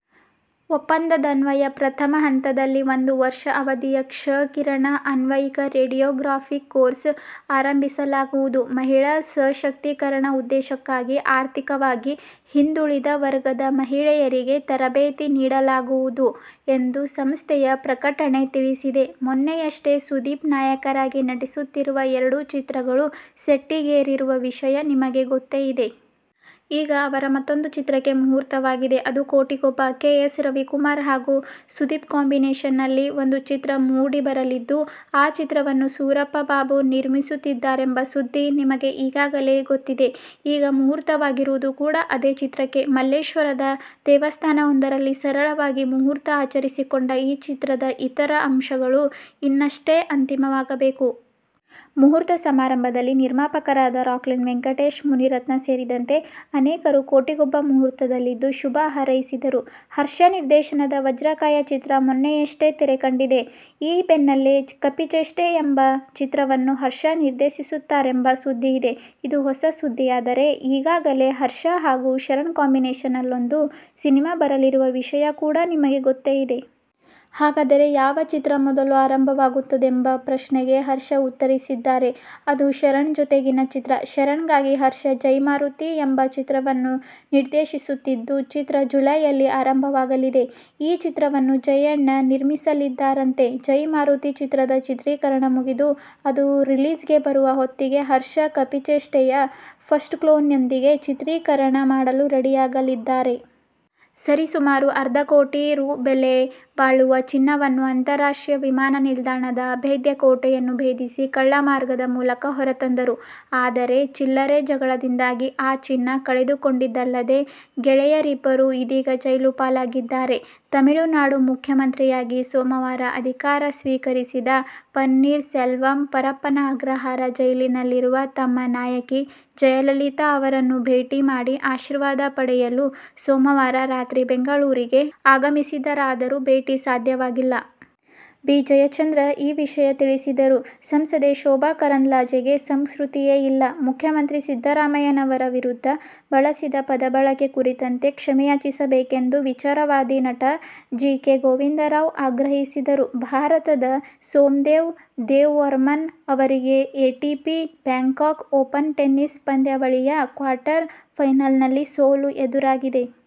ಒಪ್ಪಂದದನ್ವಯ ಪ್ರಥಮ ಹಂತದಲ್ಲಿ ಒಂದು ವರ್ಷ ಅವಧಿಯ ಕ್ಷ-ಕಿರಣ ಆನ್ವಯಿಕ ರೇಡಿಯೋಗ್ರಾಫಿಕ್ ಕೋರ್ಸ್ ಆರಂಭಿಸಲಾಗುವುದು. ಮಹಿಳಾ ಸಶಕ್ತೀಕರಣ ಉದ್ದೇಶಕ್ಕಾಗಿ ಆರ್ಥಿಕವಾಗಿ ಹಿಂದುಳಿದ ವರ್ಗದ ಮಹಿಳೆಯರಿಗೆ ತರಬೇತಿ ನೀಡಲಾಗುವುದು ಎಂದು ಸಂಸ್ಥೆಯ ಪ್ರಕಟಣೆ ತಿಳಿಸಿದೆ. ಮೊನ್ನೆಯಷ್ಟೇ ಸುದೀಪ್ ನಾಯಕರಾಗಿ ನಟಿಸುತ್ತಿರುವ ಎರಡು ಚಿತ್ರಗಳು ಸೆಟ್ಟೇರಿರುವ ವಿಷಯ ನಿಮಗೆ ಗೊತ್ತೇ ಇದೆ. ಈಗ ಅವರ ಮತ್ತೂಂದು ಚಿತ್ರಕ್ಕೆ ಮುಹೂರ್ತವಾಗಿದೆ. ಅದು "ಕೋಟಿಗೊಬ್ಬ'. ಕೆ. ಎಸ್. ರವಿಕುಮಾರ್ ಹಾಗೂ ಸುದೀಪ್ ಕಾಂಬಿನೇಶನ್ನಲ್ಲಿ ಒಂದು ಚಿತ್ರ ಮೂಡಿಬರಲಿದ್ದು, ಆ ಚಿತ್ರವನ್ನು ಸೂರಪ್ಪ ಬಾಬು ನಿರ್ಮಿಸುತ್ತಿದ್ದಾರೆಂಬ ಸುದ್ದಿ ನಿಮಗೆ ಈಗಾಗಲೇ ಗೊತ್ತಿದೆ. ಈಗ ಮುಹೂರ್ತವಾಗಿರುವುದು ಕೂಡಾ ಅದೇ ಚಿತ್ರಕ್ಕೆ. ಮಲ್ಲೇಶ್ವರದ ದೇವಸ್ಥಾನವೊಂದರಲ್ಲಿ ಸರಳವಾಗಿ ಮುಹೂರ್ತ ಆಚರಿಸಿಕೊಂಡ ಈ ಚಿತ್ರದ ಇತರ ಅಂಶಗಳು ಇನ್ನಷ್ಟೇ ಅಂತಿಮವಾಗಬೇಕು. ಮುಹೂರ್ತ ಸಮಾರಂಭದಲ್ಲಿ ನಿರ್ಮಾಪಕರಾದ ರಾಕ್ಲೈನ್ ವೆಂಕಟೇಶ್, ಮುನಿರತ್ನ ಸೇರಿದಂತೆ ಅನೇಕರು "ಕೋಟಿಗೊಬ್ಬ' ಮುಹೂರ್ತದಲ್ಲಿದ್ದು ಶುಭ ಹಾರೈಸಿದರು. ಹರ್ಷ ನಿರ್ದೇಶನದ "ವಜ್ರಕಾಯ' ಚಿತ್ರ ಮೊನ್ನೆಯಷ್ಟೇ ತೆರೆಕಂಡಿದೆ. ಈ ಬೆನ್ನಲ್ಲೇ "ಕಪಿಚೇಷ್ಟೆ' ಎಂಬ ಚಿತ್ರವನ್ನು ಹರ್ಷ ನಿರ್ದೇಶಿಸುತ್ತಾರೆಂಬ ಸುದ್ದಿಯಿದೆ. ಇದು ಹೊಸ ಸುದ್ದಿಯಾದರೆ ಈಗಾಗಲೇ ಹರ್ಷ ಹಾಗೂ ಶರಣ್ ಕಾಂಬಿನೇಶನ್ನಲ್ಲೊಂದು ಸಿನಿಮಾ ಬರಲಿರುವ ವಿಷಯ ಕೂಡಾ ನಿಮಗೆ ಗೊತ್ತೇ ಇದೆ. ಹಾಗಾದರೆ ಯಾವ ಚಿತ್ರ ಮೊದಲು ಆರಂಭವಾಗುತ್ತದೆಂಬ ಪ್ರಶ್ನೆಗೆ ಹರ್ಷ ಉತ್ತರಿಸಿದ್ದಾರೆ. ಅದು ಶರಣ್ ಜೊತೆಗಿನ ಚಿತ್ರ. ಶರಣ್ಗಾಗಿ ಹರ್ಷ "ಜೈ ಮಾರುತಿ ' ಎಂಬ ಚಿತ್ರವನ್ನು ನಿರ್ದೇಶಿಸುತ್ತಿದ್ದು, ಚಿತ್ರ ಜುಲೈಯಲ್ಲಿ ಆರಂಭವಾಗಲಿದೆ. ಈ ಚಿತ್ರವನ್ನು ಜಯಣ್ಣ ನಿರ್ಮಿಸಲಿದ್ದಾರಂತೆ. "ಜೈ ಮಾರುತಿ ' ಚಿತ್ರದ ಚಿತ್ರೀಕರಣ ಮುಗಿದು, ಅದು ರಿಲೀಸ್ಗೆ ಬರುವ ಹೊತ್ತಿಗೆ ಹರ್ಷ "ಕಪಿಚೇಷ್ಟೆ'ಯ ಫಸ್ಟ್ಲುಕ್ನೊಂದಿಗೆ ಚಿತ್ರೀಕರಣ ಮಾಡಲು ರೆಡಿಯಾಗಲಿದ್ದಾರೆ. ಸರಿ ಸುಮಾರು ಅರ್ಧ ಕೋಟಿ ರೂ. ಬೆಲೆ ಬಾಳುವ ಚಿನ್ನವನ್ನುಅಂತಾರಾಷ್ಟ್ರೀಯ ವಿಮಾನ ನಿಲ್ದಾಣದ ಅಭೇದ್ಯ ಕೋಟೆಯನ್ನು ಭೇದಿಸಿ ಕಳ್ಳ ಮಾರ್ಗದ ಮೂಲಕ ಹೊರತಂದರು. ಆದರೆ "ಚಿಲ್ಲರೆ' ಜಗಳದಿಂದಾಗಿ ಆ ಚಿನ್ನ ಕಳೆದುಕೊಂಡಿದ್ದಲ್ಲದೆ, ಗೆಳೆಯರಿಬ್ಬರು ಇದೀಗ ಜೈಲುಪಾಲಾಗಿದ್ದಾರೆ! ತಮಿಳುನಾಡು ಮುಖ್ಯಮಂತ್ರಿಯಾಗಿ ಸೋಮವಾರ ಅಧಿಕಾರ ಸ್ವೀಕರಿಸಿದ ಪನ್ನೀರ್ ಸೆಲ್ವಂ ಪರಪ್ಪನ ಅಗ್ರಹಾರ ಜೈಲಿನಲ್ಲಿರುವ ತಮ್ಮ ನಾಯಕಿ ಜಯಲಲಿತಾ ಅವರನ್ನು ಭೇಟಿ ಮಾಡಿ ಆಶೀರ್ವಾದ ಪಡೆಯಲು ಸೋಮವಾರ ರಾತ್ರಿ ಬೆಂಗಳೂರಿಗೆ ಆಗಮಿಸಿದರಾದರೂ ಭೇಟಿ ಸಾಧ್ಯವಾಗಿಲ್ಲ. ಬಿ. ಜಯಚಂದ್ರ ಈ ವಿಷಯ ತಿಳಿಸಿದರು. ಸಂಸದೆ ಶೋಭಾ ಕರಂದ್ಲಾಜೆಗೆ ಸಂಸ್ಕೃತಿಯೇ ಇಲ್ಲ. ಮುಖ್ಯಮಂತ್ರಿ ಸಿದ್ದರಾಮಯ್ಯನವರ ವಿರುದ್ಧ ಬಳಸಿದ ಪದ ಬಳಕೆ ಕುರಿತಂತೆ ಕ್ಷಮೆಯಾಚಿಸಬೇಕೆಂದು ವಿಚಾರವಾದಿ, ನಟ ಜಿಕೆ ಗೋವಿಂದರಾವ್ ಆಗ್ರಹಿಸಿದರು. ಭಾರತದ ಸೋಮ್ದೇವ್ ದೇವವರ್ಮನ್ ಅವರಿಗೆ "ಎಟಿಪಿ ಬ್ಯಾಂಕಾಕ್ ಓಪನ್ ಟೆನಿಸ್ ಪಂದ್ಯಾವಳಿ'ಯ ಕ್ವಾರ್ಟರ್ ಫೈನಲ್ನಲ್ಲಿ ಸೋಲು ಎದುರಾಗಿದೆ.